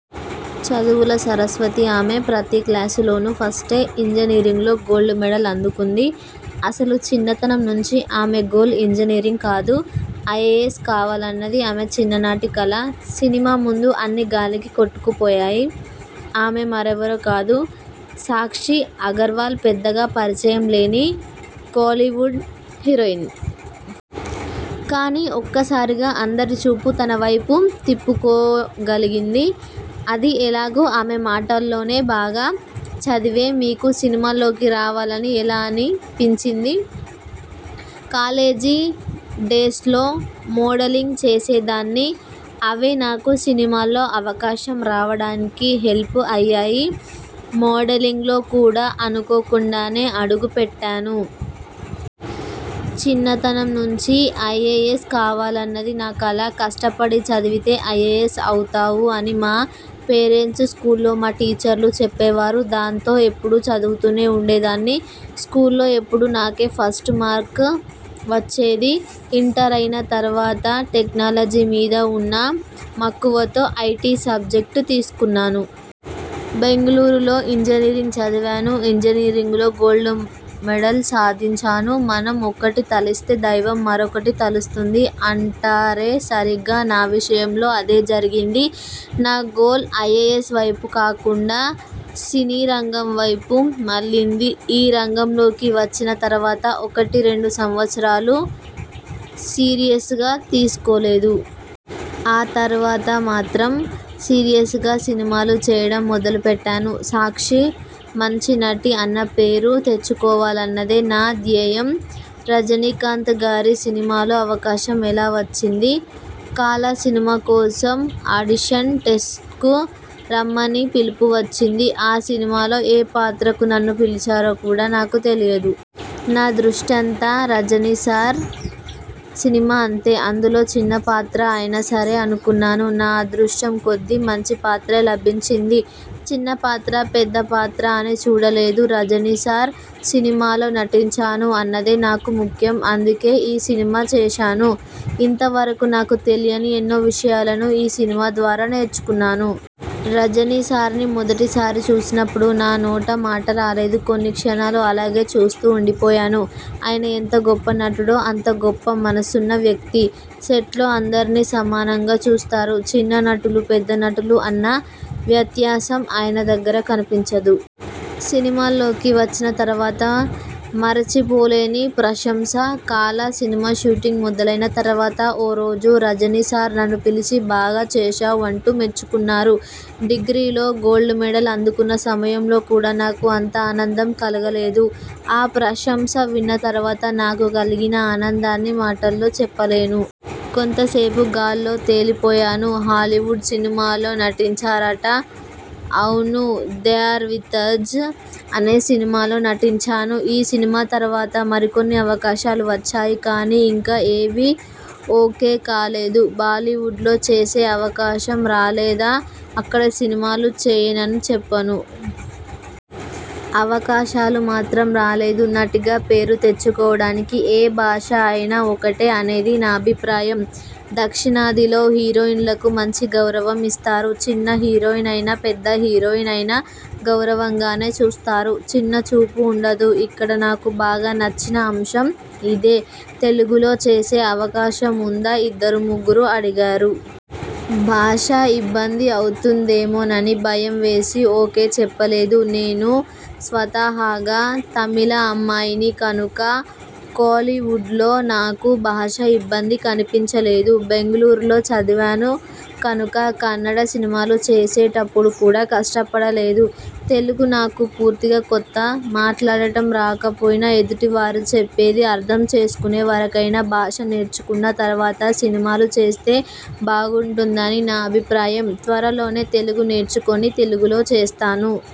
చదువుల సరస్వతి ఆమె. ప్రతి క్లాసులోనూ ఫస్టే! ఇంజనీరింగ్లో గోల్డ్ మెడల్ అందుకుంది. అసలు చిన్నతనం నుంచీ ఆమె గోల్ ఇంజనీరింగ్ కాదు. ఐఏఎస్ కావాలన్నది ఆమె చిన్ననాటి కల. సినిమా ముందు అన్నీ గాలికి కొట్టుకుపోయాయి. ఆమె మరెవరో కాదు. సాక్షి అగర్వాల్ పెద్దగా పరిచయం లేని కోలీవుడ్ హీరోయిన్. కానీ ఒక్కసారిగా అందరి చూపు తన వైపు తిప్పుకోగలిగింది. అది ఎలాగో ఆమె మాటల్లోనేబాగా చదివే మీకు సినిమాల్లోకి రావాలని ఎలా అని పించింది? కాలేజీ డేస్లో మోడలింగ్ చేసేదాన్ని. అవే నాకు సినిమాల్లో అవకాశం రావడానికి హెల్ప్ అయ్యాయి. మోడలింగ్లో కూడా అనుకోకుండానే అడుగుపెట్టాను. చిన్నతనం నుంచీ ఐఏఎస్ కావాలన్నది నా కల. కష్టపడి చదివితే ఐఏఎస్ అవుతావు అని మా పేరెంట్స్, స్కూల్లో మా టీచర్లు చెప్పేవారు. దాంతో ఎప్పుడూ చదువుతూనే ఉండేదాన్ని. స్కూల్లో ఎప్పుడూ నాకే ఫస్ట్ మార్క్ వచ్చేది. ఇంటర్ అయిన తరువాత టెక్నాలజీ మీద ఉన్న మక్కువతో ఐటి సబ్జెక్ట్ తీసుకున్నాను. బెంగుళూరులో ఇంజనీరింగ్ చదివాను. ఇంజనీరింగులో గోల్డ్ మెడల్ సాధించాను. మనం ఒకటి తలిస్తే దైవం మరొకటి తలుస్తుంది అంటారేసరిగ్గా నా విషయంలో అదే జరిగింది. నా గోల్ ఐఏఎస్ వైపు కాకుండా సినీరంగం వైపు మళ్ళింది. ఈ రంగంలోకి వచ్చిన తరువాత ఒకటి రెండు సవత్సరాలు సీరియస్గా తీసుకోలేదు. ఆ తరువాత మాత్రం సీరియస్గా సినిమాలు చేయడం మొదలు పెట్టాను. సాక్షి మంచి నటి అన్న పేరు తెచ్చుకోవాలన్నదే నా ధ్యేయం. రజనీకాంత్ గారి సినిమాలో అవకాశం ఎలా వచ్చింది? 'కాలా' సినిమా కోసం అడిషన్ టెస్ట్కు రమ్మని పిలుపు వచ్చింది. ఆ సినిమాలో ఏ పాత్రకు నన్ను పిలిచారో కూడా నాకు తెలియదు. నా దృష్టంతా రజనీసార్ సినిమా అంతే! అందులో చిన్న పాత్ర అయినా సరే అనుకున్నాను. నా అదృష్టం కొద్దీ మంచి పాత్రే లభించింది. చిన్నపాత్రా, పెద్ద పాత్రా అని చూడలేదు. రజనీసార్ సినిమాలో నటించాను అన్నదే నాకు ముఖ్యం అందుకే ఈ సినిమా చేశాను. ఇంత వరకూ నాకు తెలియని ఎన్నో విషయాలను ఈ సినిమా ద్వారా నేర్చుకున్నాను. రజనీసార్ని మొదటి సారి చూసినప్పుడు నా నోట మాట రాలేదు. కొన్ని క్షణాలు అలాగే చూస్తూ ఉండిపోయాను. ఆయన ఎంత గొప్ప నటుడో అంత గొప్ప మనసున్న వ్యక్తి. సెట్లో అందరినీ సమానంగా చూస్తారు. చిన్న నటులు, పెద్ద నటులు అన్న వ్యత్యాసం ఆయన దగ్గర కనిపించదు. సినిమాల్లోకి వచ్చిన తరువాత మరిచి పోలేని ప్రసంశ 'కాలా' సినిమా షూటింగ్ మొదలయిన తరువాత ఓ రోజు రజనీసార్ నన్ను పిలిచి 'బాగా చేశావ్' అంటూ మెచ్చుకున్నారు. డిగ్రీలో గోల్డ్ మెడల్ అందుకున్న సమయంలో కూడా నాకు అంత ఆనందం కలగలేదు. ఆ ప్రశంస విన్న తరువాత నాకు కలిగిన ఆనందాన్ని మాటల్లో చెప్పలేను. కొంతసేపు గాల్లో తేలిపోయాను. హాలీవుడ్ సినిమాలో నటించారట? అవును 'దే ఆర్ విత్ అజ్' అనే సినిమాలో నటించాను. ఈ సినిమా తరువాత మరికొన్ని అవకాశాలు వచ్చాయి కానీ, ఇంకా ఏవీ ఓకే కాలేదు. బాలీవుడ్లో చేసే అవకాశం రాలేదా? అక్కడ సినిమాలు చేయనని చెప్పను. అవకాశాలు మాత్రం రాలేదు. నటిగా పేరు తెచ్చుకోవడానికి ఏ భాష అయినా ఒకటే అనేది నా అభిప్రాయం. దక్షిణాదిలో హీరోయిన్లకు మంచి గౌరవం ఇస్తారు. చిన్న హీరోయిన్ అయినా, పెద్ద హీరోయిన్ అయినా గౌరవంగానే చూస్తారు. చిన్న చూపు ఉండదు. ఇక్కడ నాకు బాగా నచ్చిన అంశం ఇదే తెలుగులో చేసే అవకాశం ఉందా ఇద్దరు ముగ్గురు అడిగారు. భాష ఇబ్బంది అవుతుందేమోనని భయం వేసి ఓకే చెప్పలేదు. నేను స్వతాహాగా తమిళ అమ్మాయిని కనుక కోలీవుడ్లో నాకు భాష ఇబ్బంది అనిపించలేదు. బెంగళూరులో చదివాను కనుక కన్నడ సినిమాలు చేసేటప్పుడు కూడా కష్టపడలేదు. తెలుగు నాకు పూర్తిగా కొత్త. మాట్లాడడం రాకపోయినా, ఎదుటి వారు చెప్పేది అర్థం చేసుకునే వరకైనా భాష నేర్చుకున్న తరువాత సినిమాలు చేస్తే బాగుంటుందని నా అభిప్రాయం. త్వరలోనే తెలుగు నేర్చుకుని, తెలుగులో చేస్తాను.